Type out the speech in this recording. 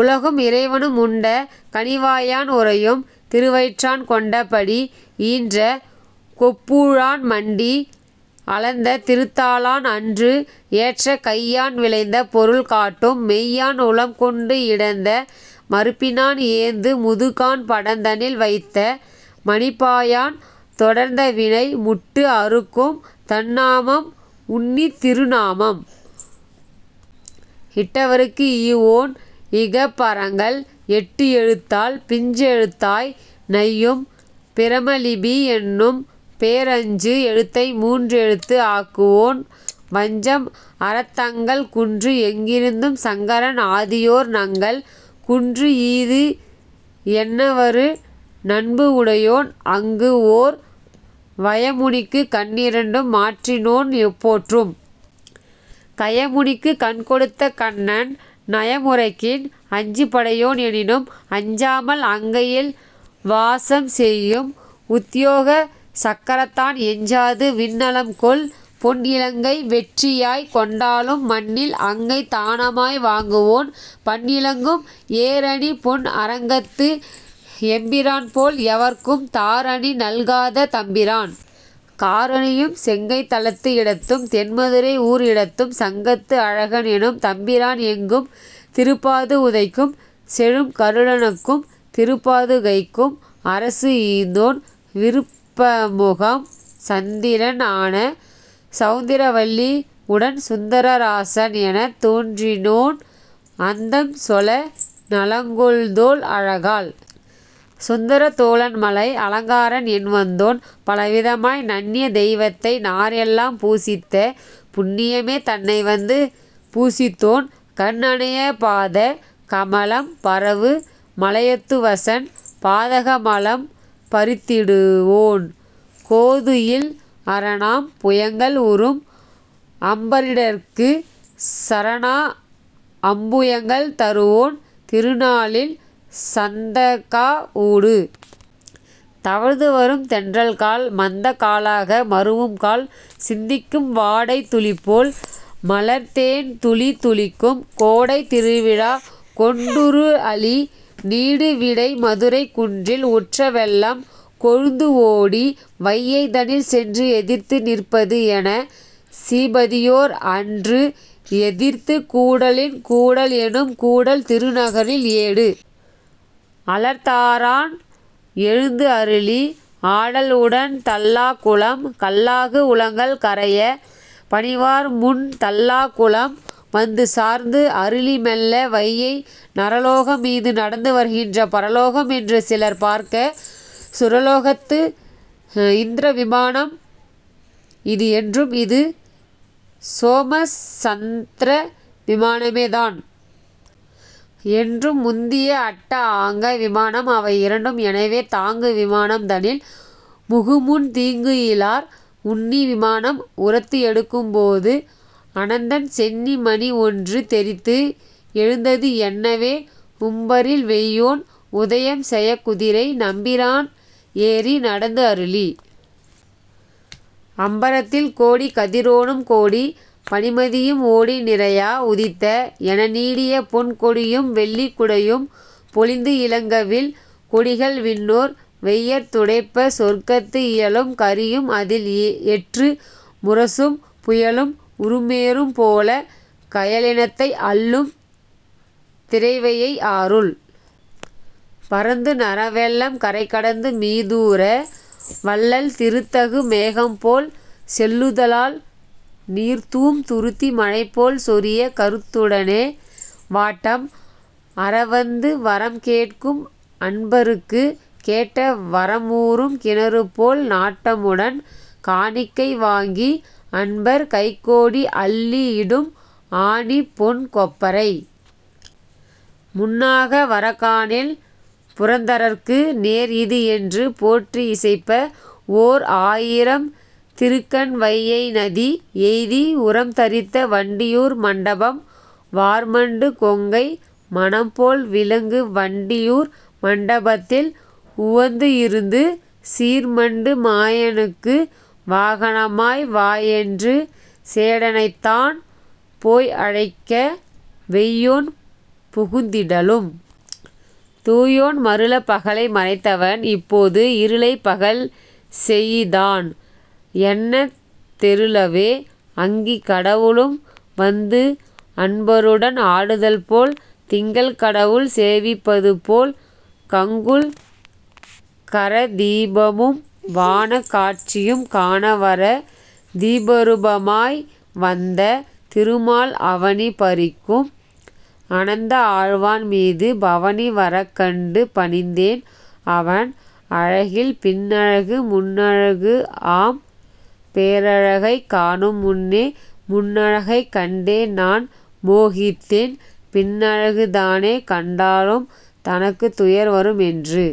உலகும் இறைவனும் உண்ட கனிவாயான் உறையும் திருவயிற்றான் கொண்டபடி ஈன்ற கொப்பூழான் மண்டி அளந்த திருத்தாளான் அன்று ஏற்ற கையான் விளைந்த பொருள் காட்டும் மெய்யான் உளம்கொண்டு இடந்த மருப்பினான் ஏந்து முதுகான் படந்தனில் வைத்த மணிப்பாயான் தொடர்ந்தவினை முட்டு அறுக்கும் தன்நாமம் உன்னித் திருநாமம் இட்டவருக்கு ஈவோன் இகபரங்கள் எட்டு எழுத்தால் பிஞ்செழுத்தாய் நையும் பிரமலிபி என்னும் பேர் அஞ்சு எழுத்தை மூன்று எழுத்து ஆக்குவோன் வஞ்சம் அறத் தங்கள் குன்று எங்கிருந்தும் சங்கரன் ஆதியோர் நங்கள் குன்று ஈது என்னவரு நண்புஉடையோன் அங்கு ஓர் வயமுனிக்குக் கண்இரண்டும் மாற்றினோன் போற்றும் கயமுனிக்குக் கண்கொடுத்த கண்ணன் நயம் உரைக்கின் அஞ்சுபடையோன் எனினும் அஞ்சாமல் அங்கையில் வா சம்செய்யும் உத்யோகச் சக்கரத்தான் எஞ்சாது விண்நலம்கொள் பொன்இலங்கை வெற்றியாய்க் கொண்டாலும் மண்ணில் அங்கைத் தானமாய் வாங்குவோன் பண் இலங்கும் ஏர்அணி பொன் அரங்கத்து எம்பிரான் போல் எவர்க்கும் தார்அணி நல்காத தம்பிரான் கார் அணியும் செங்கைத் தலத்து இடத்தும் தென்மதுரை ஊர் இடத்தும் சங்கத்து அழகன் எனும் தம்பிரான் எங்கும் திருப்பாது உதைக்கும் செழும் கருடனுக்கும் திருப்பாதுகைக்கும் அரசு ஈந்தோன் விருப்பமுகம் சந்திரன் ஆன சவுந்திரவல்லி உடன் சுந்தரராசன் எனத் தோன்றினோன் அந்தம் சொல நலங்கொள் தோள் அழகால் சுந்தரத் தோளன்மலை அலங்காரன் என் வந்தோன் பலவிதமாய் நண்ணிய தெய்வத்தை நரர்எல்லாம் பூசித்த புண்ணியமே தன்னைவந்து பூசித்தோன் கண் அனைய பாத கமலம் பரவு மலயத்துவசன் பாதக மலம் பறித்திடுவோன் கோதுஇல் அரணாம் புயங்கள் உறும் அம்பரீடற்குச் சரணா அம்புயங்கள் தருவோன் திருநாளில் சந்தக்கா ஊடு தவழ்ந்து வரும் தென்றல்கால் மந்தக் காலாக மருவும்கால் சிந்திக்கும் வாடைத் துளிபோல் மலர்த்தேன்துளி துளிக்கும் கோடைத் திருவிழாக் கொண்டுருஅளி நீடு விடைக் மதுரை குன்றில் உற்ற வெள்ளம் கொழுந்துஓடி வையைதனில் சென்று எதிர்த்து நிற்பதுஎனச் சீபதியோர் அன்று எதிர்த்துக் கூடலின் கூடல்எனும் கூடல் திருநகரில் ஏடு அலர் தாரான் எழுந்துஅருளி ஆடல்உடன் தல்லாகுளம் கல்லாகு உளங்கள் கரையப் பணிவார்முன் தல்லாகுளம் வந்து சார்ந்து அருளி மெல்ல வையை நரலோகம் மீது நடந்து வருகின்ற பரலோகம் என்று சிலர் பார்க்கச் சுரலோகத்து இந்த்ர விமானம் இது என்றும் இது சோமச் சந்த்ர விமானமே தான் என்றும் முந்திய அட்ட ஆங்க விமானம் அவை இரண்டும் எனவே தாங்கு விமானம் தனில் புகுமுன் தீங்குஇலார் உன்னி விமானம் உரத்து எடுக்கும் போது அனந்தன் சென்னி மணி ஒன்று தெறித்து எழுந்தது என்னவே உம்பரில் வெய்யோன் உதயம் செயக் குதிரை நம்பிரான் ஏறி நடந்துஅருளி அம்பரத்தில் கோடி கதிரோனும் கோடி பனிமதியும் ஓடி நிறையா உதித்த என நீடிய பொன் கொடியும் வெள்ளிக்குடையும் பொலிந்து இலங்க வில் கொடிகள் விண்ணோர் வெயர் துடைப்பச் சொற்கத்து இயலும் கரியும் அதில் எற்று முரசும் புயலும் உருமேறும் போலக் கயலினத்தை அள்ளும் திரைவையை ஆறுள் பரந்து நர வெள்ளம் கரை கடந்து மீதூர வள்ளல் திருத்தகு மேகம்போல் செல்லுதலால் நீர்தூம் துருத்தி மழைபோல் சொரியக் கருத்துடனே வாட்டம் அற வந்து வரம் கேட்கும் அன்பருக்குக் கேட்ட வரம் ஊறும் கிணறுபோல் நாட்டமுடன் காணிக்கை வாங்கி அன்பர் கைகோடி அள்ளிஇடும் ஆணிப்பொன் கொப்பரை முன்னாக வரக் காணில் புரந்தரற்கு நேர்இது என்று போற்றிஇசைப்ப ஓர்ஆ யிரம் திருக்கண் வையைநதி எய்தி உரம் தரித்த வண்டியூர் மண்டபம் வார்மண்டு கொங்கை மனம்போல் விலங்கு வண்டி யூர் மண்டபத்தில் உவந்து இருந்து சீர்மண்டு மாயனுக்கு வாகனமாய் வாஎன்று சேடனைத்தான் போய்அழைக்க வெய்யோன் புகுந்திடலும் தூயோன் மருளப் பகலை மறைத்தவன் இப்போது இருளைப் பகல் செஇதான் என்னத் தெருளவே அங்கிக் கடவுளும் வந்து அன்பருடன் ஆடுதல்போல் திங்கள் கடவுள் சேவிப்பது போல் கங்குல் கரதீபமும் வாணக் காட்சியும் காண வர தீபரூபமாய் வந்த திருமால் அவனி பரிக்கும் அனந்தஆழ்வான் மீது பவனி வரக்கண்டு பணிந்தேன் அவன் அழகில் பின்னழகு முன்னழகுஆம் பேரழகைக் காணும் முன்னே முன்னழகைக் கண்டே நான் மோகித்தேன் பின்னழகு தானே கண்டாலும் தனக்குத் துயர் வரும் என்று।